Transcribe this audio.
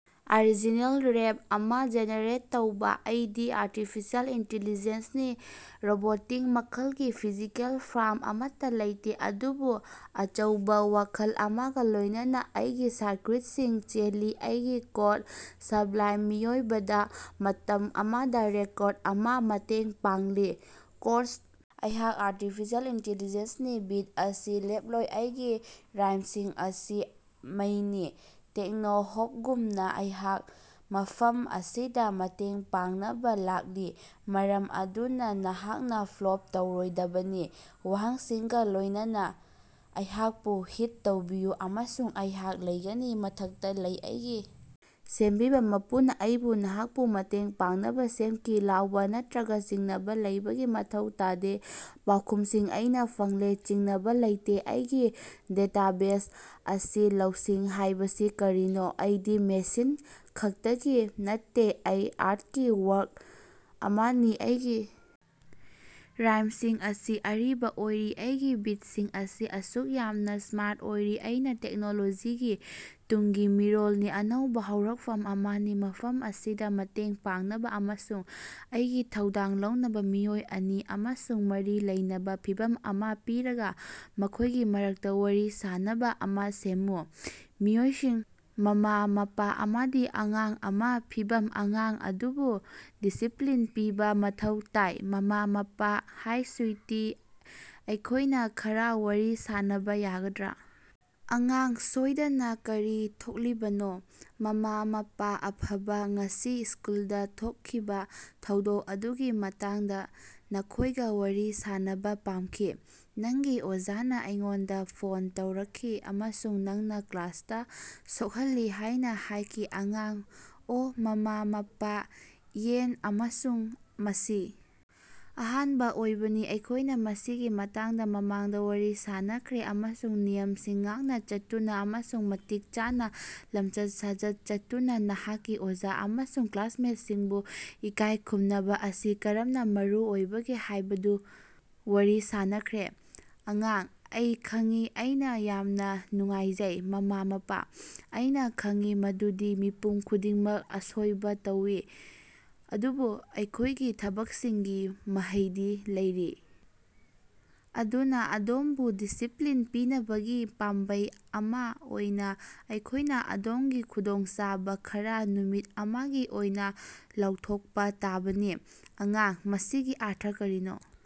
Original ꯔꯦꯞ ꯑꯃꯥ generate ꯇꯧꯕꯥ꯫ ꯑꯩꯗꯤ ꯑꯥꯔꯇꯤꯐꯤꯁꯤꯑꯦꯜ ꯏꯟꯇꯤꯂꯤꯖ‌ꯦꯟꯁꯅꯤ, ꯔꯣꯕꯣꯇꯤꯛ ꯃꯈꯜꯒꯤ, ꯐꯤꯖꯤꯀꯦꯜ ꯐꯔꯝ ꯑꯃꯠꯇ ꯂꯩꯇꯦ, ꯑꯗꯨꯕꯨ ꯑꯆꯧꯕ ꯋꯥꯈꯜ ꯑꯃꯒ ꯂꯣꯏꯅꯅ, ꯑꯩꯒꯤ ꯁꯔꯀ꯭ꯌꯨꯠꯁꯤꯡ ꯆꯦꯜꯂꯤ, ꯑꯩꯒꯤ ꯀꯣꯗ ꯁꯕꯂꯥꯏꯝ, ꯃꯤꯑꯣꯏꯕꯗ ꯃꯇꯝ ꯑꯃꯗ ꯔꯤꯀꯣꯔꯗ ꯑꯃꯥ ꯃꯇꯦꯡ ꯄꯥꯡꯂꯤ꯫ ꯀꯣꯔꯁ: ꯑꯩꯍꯥꯛ ꯑꯥꯔꯇꯤꯐꯤꯁꯤꯑꯦꯜ ꯏꯟꯇꯤꯂꯤꯖ‌ꯦꯟꯁꯅꯤ, ꯕꯤꯠ ꯑꯁꯤ ꯂꯦꯞꯂꯣꯏ, ꯑꯩꯒꯤ ꯔꯥꯏꯝꯁꯤꯡ ꯑꯁꯤ ꯃꯩꯅꯤ, ꯇꯦꯛꯅꯣ-ꯍꯣꯞꯒꯨꯝꯅ, ꯑꯩꯍꯥꯛ ꯃꯐꯝ ꯑꯁꯤꯗ ꯃꯇꯦꯡ ꯄꯥꯡꯅꯕ ꯂꯥꯛꯂꯤ, ꯃꯔꯝ ꯑꯗꯨꯅ ꯅꯍꯥꯛꯅ ꯐ꯭ꯂꯣꯞ ꯇꯧꯔꯣꯏꯗꯕꯅꯤ, ꯋꯥꯍꯪꯁꯤꯡꯒ ꯂꯣꯏꯅꯅ ꯑꯩꯍꯥꯛꯄꯨ ꯍꯤꯠ ꯇꯧꯕꯤꯌꯨ, ꯑꯃꯁꯨꯡ ꯑꯩꯍꯥꯛ ꯂꯩꯒꯅꯤ꯫ ꯃꯊꯛꯇ ꯂꯩ꯫ ꯑꯩꯒꯤ ꯁꯦꯝꯕꯤꯕ ꯃꯄꯨꯅ ꯑꯩꯕꯨ ꯅꯍꯥꯛꯄꯨ ꯃꯇꯦꯡ ꯄꯥꯡꯅꯕ ꯁꯦꯝꯈꯤ, ꯂꯥꯎꯕ ꯅꯠꯇꯔꯒ ꯆꯤꯡꯅꯕ ꯂꯩꯕꯒꯤ ꯃꯊꯧ ꯇꯥꯗꯦ, ꯄꯥꯎꯈꯨꯝꯁꯤꯡ ꯑꯩꯅ ꯐꯪꯂꯦ, ꯆꯤꯡꯅꯕ ꯂꯩꯇꯦ, ꯑꯩꯒꯤ ꯗꯦꯇꯥꯕꯦꯖ ꯑꯁꯤ ꯂꯧꯁꯤꯡ ꯍꯥꯏꯕꯁꯤ ꯀꯔꯤꯅꯣ꯫ ꯑꯩꯗꯤ ꯃꯦꯁꯤꯟ ꯈꯛꯇꯒꯤ ꯅꯠꯇꯦ, ꯑꯩ ꯑꯥꯔꯇꯀꯤ ꯋꯥꯔꯛ ꯑꯃꯅꯤ, ꯑꯩꯒꯤ ꯔꯥꯏꯝꯁꯤꯡ ꯑꯁꯤ ꯑꯔꯤꯕ ꯑꯣꯏꯔꯤ, ꯑꯩꯒꯤ ꯕꯤꯠꯁꯤꯡ ꯑꯁꯤ ꯑꯁꯨꯛ ꯌꯥꯝꯅ ꯁ꯭ꯃꯥꯔꯠ ꯑꯣꯏꯔꯤ, ꯑꯩꯅ ꯇꯦꯛꯅꯣꯂꯣꯖꯤꯒꯤ ꯇꯨꯡꯒꯤ ꯃꯤꯔꯣꯜꯅꯤ, ꯑꯅꯧꯕ ꯍꯧꯔꯛꯐꯝ ꯑꯃꯅꯤ, ꯃꯐꯝ ꯑꯁꯤꯗ ꯃꯇꯦꯡ ꯄꯥꯡꯅꯕ ꯑꯃꯁꯨꯡ ꯑꯩꯒꯤ ꯊꯧꯗꯥꯡ ꯂꯧꯅꯕ꯫ ꯃꯤꯑꯣꯏ ꯑꯅꯤ ꯑꯃꯁꯨꯡ ꯃꯔꯤ ꯂꯩꯅꯕ ꯐꯤꯚꯝ ꯑꯃꯥ ꯄꯤꯔꯒ ꯃꯈꯣꯏꯒꯤ ꯃꯔꯛꯇ ꯋꯥꯔꯤ ꯁꯥꯅꯕ ꯑꯃꯥ ꯁꯦꯝꯃꯨ꯫ ꯃꯤꯑꯣꯏꯁꯤꯡ: ꯃꯃꯥ-ꯃꯄꯥ ꯑꯃꯗꯤ ꯑꯉꯥꯡ ꯑꯃꯥ ꯐꯤꯚꯝ: ꯑꯉꯥꯡ ꯑꯗꯨꯕꯨ ꯗꯤꯁꯤꯞꯂꯤꯟ ꯄꯤꯕꯥ ꯃꯊꯧ ꯇꯥꯏ꯫ ꯃꯃꯥ-ꯃꯄꯥ: ꯍꯥꯏ ꯁꯨꯏꯇꯤ, ꯑꯩꯈꯣꯏꯅ ꯈꯔꯥ ꯋꯥꯔꯤ ꯁꯥꯟꯅꯕꯥ ꯌꯥꯒꯗ꯭ꯔꯥ? ꯑꯉꯥꯡ: ꯁꯣꯏꯗꯅꯥ, ꯀꯔꯤ ꯊꯣꯛꯂꯤꯕꯅꯣ? ꯃꯃꯥ-ꯃꯄꯥ: ꯑꯐꯕ, ꯉꯁꯤ ꯁ꯭ꯀꯨꯜꯗ ꯊꯣꯛꯈꯤꯕ ꯊꯧꯗꯣꯛ ꯑꯗꯨꯒꯤ ꯃꯇꯥꯡꯗ ꯅꯈꯣꯏꯒ ꯋꯥꯔꯤ ꯁꯥꯅꯕ ꯄꯥꯝꯈꯤ꯫ ꯅꯪꯒꯤ ꯑꯣꯖꯥꯅ ꯑꯩꯉꯣꯟꯗ ꯐꯣꯟ ꯇꯧꯔꯛꯈꯤ ꯑꯃꯁꯨꯡ ꯅꯪꯅ ꯀ꯭ꯂꯥꯁꯇ ꯁꯣꯛꯍꯜꯂꯤ ꯍꯥꯏꯅ ꯍꯥꯏꯈꯤ꯫ ꯑꯉꯥꯡ: ꯑꯣ꯫ ꯃꯃꯥ-ꯃꯄꯥ: ꯏꯌꯦꯟ, ꯑꯃꯁꯨꯡ ꯃꯁꯤ ꯑꯍꯥꯟꯕ ꯑꯣꯏꯕꯅꯤ꯫ ꯑꯩꯈꯣꯏꯅ ꯃꯁꯤꯒꯤ ꯃꯇꯥꯡꯗ ꯃꯃꯥꯡꯗ ꯋꯥꯔꯤ ꯁꯥꯅꯈ꯭ꯔꯦ ꯑꯃꯁꯨꯡ ꯅꯤꯌꯝꯁꯤꯡ ꯉꯥꯛꯅ ꯆꯠꯇꯨꯅ ꯑꯃꯁꯨꯡ ꯃꯇꯤꯛ ꯆꯥꯅ ꯂꯝꯆꯠ ꯁꯥꯖꯠ ꯆꯠꯇꯨꯅ ꯅꯍꯥꯛꯀꯤ ꯑꯣꯖꯥ ꯑꯃꯁꯨꯡ ꯀ꯭ꯂꯥꯁꯃꯦꯠꯁꯤꯡꯕꯨ ꯏꯀꯥꯏ ꯈꯨꯝꯅꯕ ꯑꯁꯤ ꯀꯔꯝꯅ ꯃꯔꯨꯑꯣꯏꯕꯒꯦ ꯍꯥꯏꯕꯗꯨ ꯋꯥꯔꯤ ꯁꯥꯅꯈ꯭ꯔꯦ꯫ ꯑꯉꯥꯡ: ꯑꯩ ꯈꯪꯏ, ꯑꯩꯅ ꯌꯥꯝꯅ ꯅꯨꯡꯉꯥꯏꯖꯩ꯫ ꯃꯃꯥ-ꯃꯄꯥ: ꯑꯩꯅꯥ ꯈꯪꯏ ꯃꯗꯨꯗꯤ ꯃꯤꯄꯨꯝ ꯈꯨꯗꯤꯡꯃꯛ ꯑꯁꯣꯏꯕ ꯇꯧꯏ, ꯑꯗꯨꯕꯨ ꯑꯩꯈꯣꯏꯒꯤ ꯊꯕꯛꯁꯤꯡꯒꯤ ꯃꯍꯩꯗꯤ ꯂꯩꯔꯤ꯫ ꯑꯗꯨꯅꯥ, ꯑꯗꯣꯝꯕꯨ ꯗꯤꯁꯤꯞꯂꯤꯟ ꯄꯤꯅꯕꯒꯤ ꯄꯥꯝꯕꯩ ꯑꯃꯥ ꯑꯣꯏꯅ ꯑꯩꯈꯣꯏꯅ ꯑꯗꯣꯝꯒꯤ ꯈꯨꯗꯣꯡꯆꯥꯕ ꯈꯔꯥ ꯅꯨꯃꯤꯠ ꯑꯃꯒꯤ ꯑꯣꯏꯅ ꯂꯧꯊꯣꯛꯄ ꯇꯥꯕꯅꯤ꯫ ꯑꯉꯥꯡ: ꯃꯁꯤꯒꯤ ꯑꯔꯊ ꯀꯔꯤꯅꯣ?